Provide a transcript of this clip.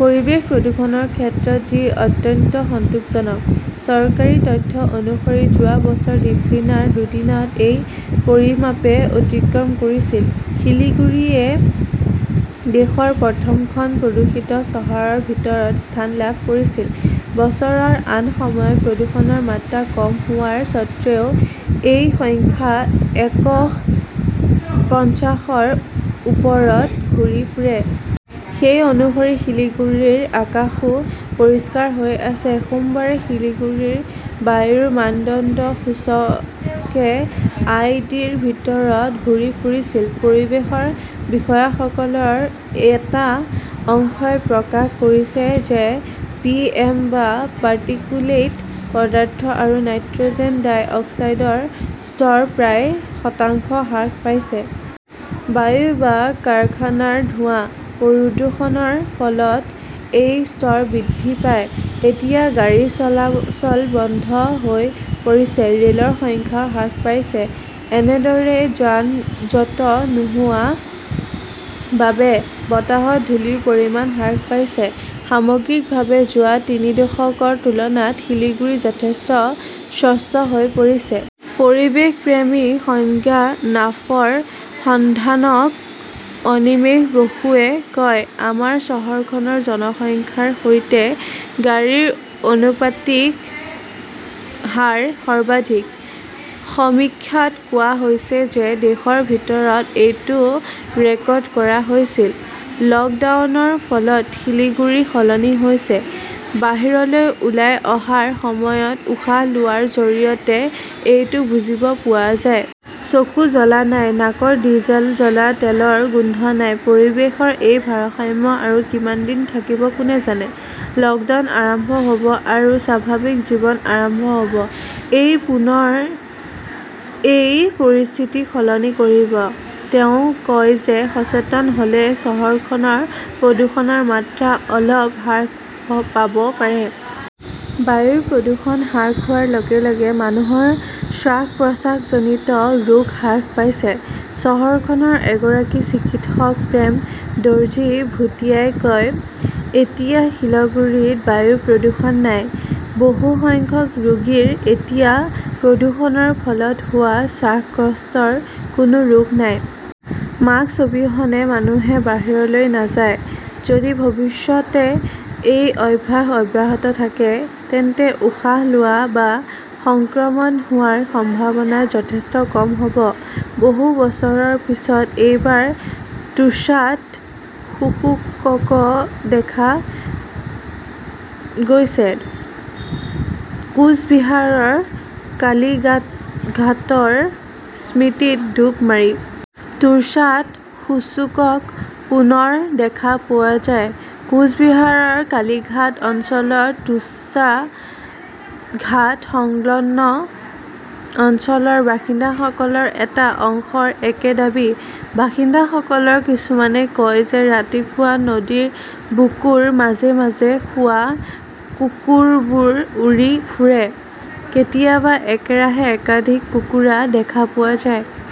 পৰিৱেশ প্ৰদূষণৰ ক্ষেত্ৰত যি অত্যন্ত সন্তোষজনক। চৰকাৰী তথ্য অনুসৰি যোৱা বছৰ দীপলীনাৰ দুদিনত এই পৰিমাপে অতিক্ৰম কৰিছিল। শিলিগুৰীয়ে দেশৰ প্ৰথম খন প্ৰদূষিত চহৰৰ ভিতৰত স্থান লাভ কৰিছিল। বছৰৰ আন সময়ত প্ৰদূষণৰ মাত্ৰা কম হোৱাৰ স্বত্ত্বেও এই সংখ্যা একশ পঞ্চাশৰ ওপৰত ঘূৰি ফুৰে। সেই অনুসৰি শিলিগুৰিৰ আকাশও পৰিষ্কাৰ হৈ পৰিছে। সোমবাৰে শিলিগুৰিৰ বায়ুৰ মানদণ্ড সূচকে আই. ডি. ৰ ভিতৰত ঘূৰি ফুৰিছিল। পৰিবেশৰ বিষয়াসকলৰ এটা অংশই প্ৰকাশ কৰিছে যে পিএম বা পাৰ্টিকুলেট পদাৰ্থ আৰু নাইট্ৰজেন ডাই অক্সাইডৰ স্তৰ প্ৰায় শতাংশ হ্ৰাস পাইছে। বায়ু বা কাৰখানাৰ ধোঁৱা, প্ৰদূষণৰ ফলত এই স্তৰ বৃদ্ধি পায়। এতিয়া গাড়ী চলাচল বন্ধ হৈ পৰিছে, ৰেলৰ সংখ্যাও হ্ৰাস পাইছে। একেদৰে যান-জঁট নোহোৱাৰ বাবে বতাহত ধূলিৰ পৰিমাণ হ্ৰাস পাইছে। সামগ্ৰিকভাৱে যোৱা তিনি দশকৰ তুলনাত শিলিগুৰি যথেষ্ট স্বচ্ছ হৈ পৰিছে। পৰিৱেশপ্ৰেমী সজ্ঞা নাফৰ সমন্বয়ক অনিমেশ বসুৱে কয়, আমাৰ চহৰখনৰ জনসংখ্যাৰ সৈতে গাড়ীৰ অনুপাতিক হাৰ সৰ্বাধিক। সমীক্ষাত কোৱা হৈছে যে দেশৰ ভিতৰত এইটো ৰেকৰ্ড কৰা হৈছিল। লকডাউনৰ ফলত শিলিগুৰি সলনি হৈছে। বাহিৰলৈ ওলাই অহাৰ সময়ত উশাহ লোৱাৰ জৰিয়তে এইটো বুজিব পোৱা যায়। চকু জ্বলা নাই, নাকত ডিজেল জ্বলা তেলৰ গোন্ধ নাই। পৰিৱেশৰ এই ভাৰসাম্য আৰু কিমান দিন থাকিব কোনে জানে? লকডাউন আৰম্ভ হব আৰু স্বাভাৱিক জীৱন আৰম্ভ হব। ই পুনৰ এই পৰিস্থিতি সলনি কৰিব। তেওঁ কয় যে সচেতন হলে চহৰখনৰ প্ৰদূষণৰ মাত্ৰা অলপ হ্ৰাস পাব পাৰে। বায়ুৰ প্ৰদূষণ হ্ৰাস হোৱাৰ লগে লগে মানুহৰ শ্বাস-প্ৰশ্বাসজনিত ৰোগ হ্ৰাস পাইছে। চহৰখনৰ এগৰাকী চিকিৎসক প্ৰেম দৰ্জী ভূটিয়াই কয়, এতিয়া শিলগুড়িত বায়ু প্ৰদূষণ নাই। বহু সংখ্যক ৰোগীৰ এতিয়া প্ৰদূষণৰ ফলত হোৱা শ্বাসকষ্টৰ কোনো ৰোগ নাই। মাস্ক অবিহনে মানুহে বাহিৰলৈ নাযায়। যদি ভৱিষ্যতে এই অভ্যাস অব্যাহত থাকে, তেন্তে উশাহ লোৱা বা সংক্ৰমণ হোৱাৰ সম্ভাৱনা যথেষ্ট কম হব। বহু বছৰৰ পিছত এইবাৰ তোৰ্চাত শুশুকক দেখা গৈছিল, কোচ বিহাৰৰ কালিঘাটৰ স্মৃতিত ডুব মাৰি। তোৰ্চাত শুছুকক পুনৰ দেখা পোৱা যায়। কোচ বিহাৰৰ কালীঘাট অঞ্চলৰ তোৰছা ঘাট সংলগ্ন অঞ্চলৰ বাসিন্দাসকলৰ এটা অংশৰ একে দাবী। বাসিন্দাসকলৰ কিছুমানে কয় যে ৰাতিপুৱা নদীৰ বুকুৰ মাজে মাজে শুৱা কুকুৰবোৰ উৰি ফুৰে। কেতিয়াবা একেৰাহে একাধিক কুকুৰা দেখা পোৱা যায়।